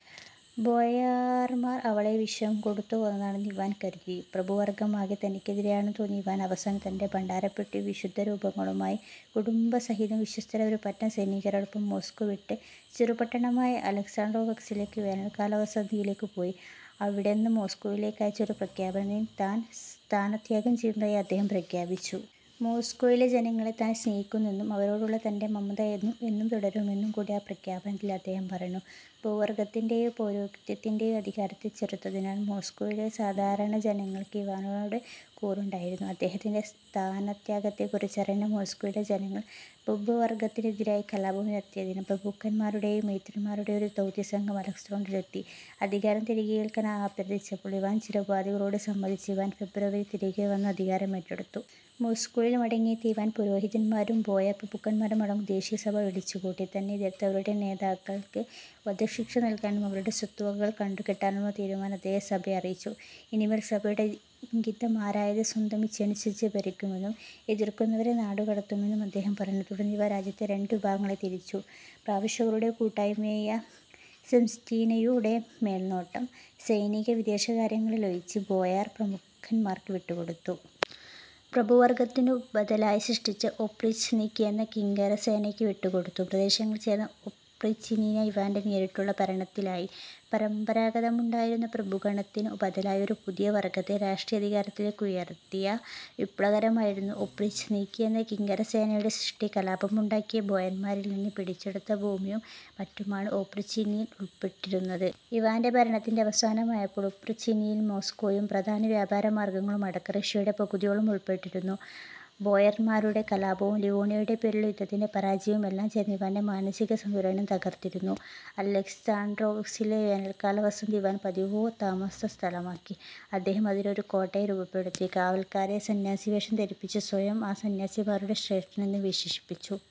ബോയാർമാർ അവളെ വിഷം കൊടുത്തു കൊന്നതാണെന്ന് ഇവാൻ കരുതി. പ്രഭുവർഗ്ഗം ആകെ തനിക്കെതിരായെന്നു തോന്നിയ ഇവാൻ, അവസാനം തന്റെ ഭണ്ഡാരപ്പെട്ടിയും വിശുദ്ധരൂപങ്ങളുമായി കുടുംബസഹിതം വിശ്വസ്തരായ ഒരുപറ്റം സൈനികരോടൊപ്പം മോസ്കോ വിട്ട്, ചെറുപട്ടണമായ അലക്സാണ്ഡ്രോവ്സ്കിലെ വേനൽക്കാലവസതയിലേയ്ക്കു പോയി. അവിടന്ന് മോസ്കോയിലേയ്ക്കയച്ച ഒരു പ്രഖ്യാപനത്തിൽ, താൻ സ്ഥാനത്യാഗം ചെയ്യുന്നതായി അദ്ദേഹം പ്രഖ്യാപിച്ചു. മോസ്കോയിലെ ജനങ്ങളെ താൻ സ്നേഹിക്കുന്നെന്നും അവരോടുള്ള തന്റെ മമത എന്നും തുടരുമെന്നും കൂടി ആ പ്രഖ്യാപനത്തിൽ അദ്ദേഹം പറഞ്ഞു. പ്രഭുവർഗത്തിന്റേയും പൗരോഹിത്യത്തിന്റേയും അധികാരത്തെ ചെറുത്തതിനാൽ മോസ്കോയിലെ സാധാരണജനങ്ങൾക്ക് ഇവാനോട് കൂറുണ്ടായിരുന്നു. അദ്ദേഹത്തിന്റെ സ്ഥാനത്യാഗത്തെക്കുറിച്ചറിഞ്ഞ മോസ്കോയിലെ ജനങ്ങൾ പ്രഭുവർഗ്ഗത്തിനെതിരായി കലാപമുയർത്തിയതിനാൽ, പ്രഭുക്കന്മാരുടേയും മെത്രാന്മാരുടേയും ഒരു ദൗത്യസംഘം അലക്സാണ്ഡ്രോവിലെത്തി അധികാരം തിരികെയേൽക്കാൻ അഭ്യർത്ഥിച്ചപ്പോൾ ഇവാൻ ചില ഉപാധികളോടെ സമ്മതിച്ച ഇവാൻ ഫെബ്രുവരിയിൽ തിരികെ വന്ന് അധികാരം ഏറ്റെടുത്തു. മോസ്കോയിൽ മടങ്ങിയെത്തിയ ഇവാൻ പുരോഹിതന്മാരും ബോയാർപ്രഭുക്കന്മാരും അടങ്ങുന്ന ദേശീയസഭ വിളിച്ചുകൂട്ടി. തന്നെ എതിർത്തവരുടെ നേതാക്കൾക്ക് വധശിക്ഷ നൽകാനും അവരുടെ സ്വത്തുവകകൾ കണ്ടുകെട്ടാനുമുള്ള തീരുമാനം അദ്ദേഹം സഭയെ അറിയിച്ചു. ഇനിമേൽ സഭയുടെ ഇംഗിതം ആരായാതെ സ്വന്തം ഇച്ഛയനുസരിച്ച് ഭരിക്കുമെന്നും എതിർക്കുന്നവരെ നാടുകടത്തുമെന്നും അദ്ദേഹം പറഞ്ഞു. തുടർന്ന് ഇവാൻ രാജ്യത്തെ രണ്ടു വിഭാഗങ്ങളായി തിരിച്ചു: പ്രവിശ്യകളുടെ കൂട്ടായ്മയായ സെംസ്റ്റ്ഛീന-യുടെ മേൽനോട്ടം, സൈനിക-വിദേശകാര്യങ്ങളിലൊഴിച്ച്, ബോയാർ പ്രഭുക്കന്മാർക്ക് വിട്ടുകൊടുത്തു. പ്രഭു വർഗത്തിനു ബദലായി സൃഷ്ടിച്ച ഒപ്രീച്ച്നിക്കി എന്ന കിങ്കരസേനയ്ക്ക് വിട്ടുകൊടുത്ത പ്രദേശങ്ങൾ ചേർന്ന ഒപ്രീച്ച്നീന, ഇവാന്റെ നേരിട്ടുള്ള ഭരണത്തിലായി. പരമ്പാരാഗതമായുണ്ടായിരുന്ന പ്രഭുഗണത്തിനു ബദലായി ഒരു പുതിയ വർഗ്ഗത്തെ രാഷ്ടീയാധികാരത്തിലേക്കുയർത്തിയ വിപ്ലവകരമായിരുന്നു ഒപ്രീച്ച്നിക്കി എന്ന കിങ്കരസേനയുടെ സൃഷ്ടി. കലാപമുണ്ടാക്കിയ ബോയാർമാരിൽ നിന്ന് പിടിച്ചെടുത്ത ഭൂമിയും മറ്റുമാണ് ഒപ്രീച്ച്നീനയിൽ ഉൾപ്പെട്ടിരുന്നത്. ഇവാന്റെ ഭരണത്തിന്റെ അവസാനമായപ്പോൾ, ഒപ്രീച്ച്നീനയിൽ, മോസ്കോയും, പ്രധാനവ്യാപാരമാർഗ്ഗങ്ങളും അടക്കം, റഷ്യയുടെ പകുതിയോളം ഉൾപ്പെട്ടിരുന്നു. ബോയാർമാർമാരുടെ കലാപവും, ലിവോണിയയുടെ പേരിലുള്ള യുദ്ധത്തിന്റെ പരാജയവും എല്ലാം ചേർന്ന് ഇവാന്റെ മാനസികസന്തുലനം തകർത്തിരുന്നു. അലക്സാൻഡ്രോവിസ്കിലെ വേനൽക്കാലവസതി ഇവാൻ പതിവു താമസസ്ഥലമാക്കി. അദ്ദേഹം അതിനെ ഒരു കോട്ടയായി രൂപപ്പെടുത്തി. കാവൽക്കാരെ സന്യാസിവേഷം ധരിപ്പിച്ച് സ്വയം ആ സന്യാസിമാരുടെ ശ്രേഷ്ഠനെന്ന് വിശേഷിപ്പിച്ചു.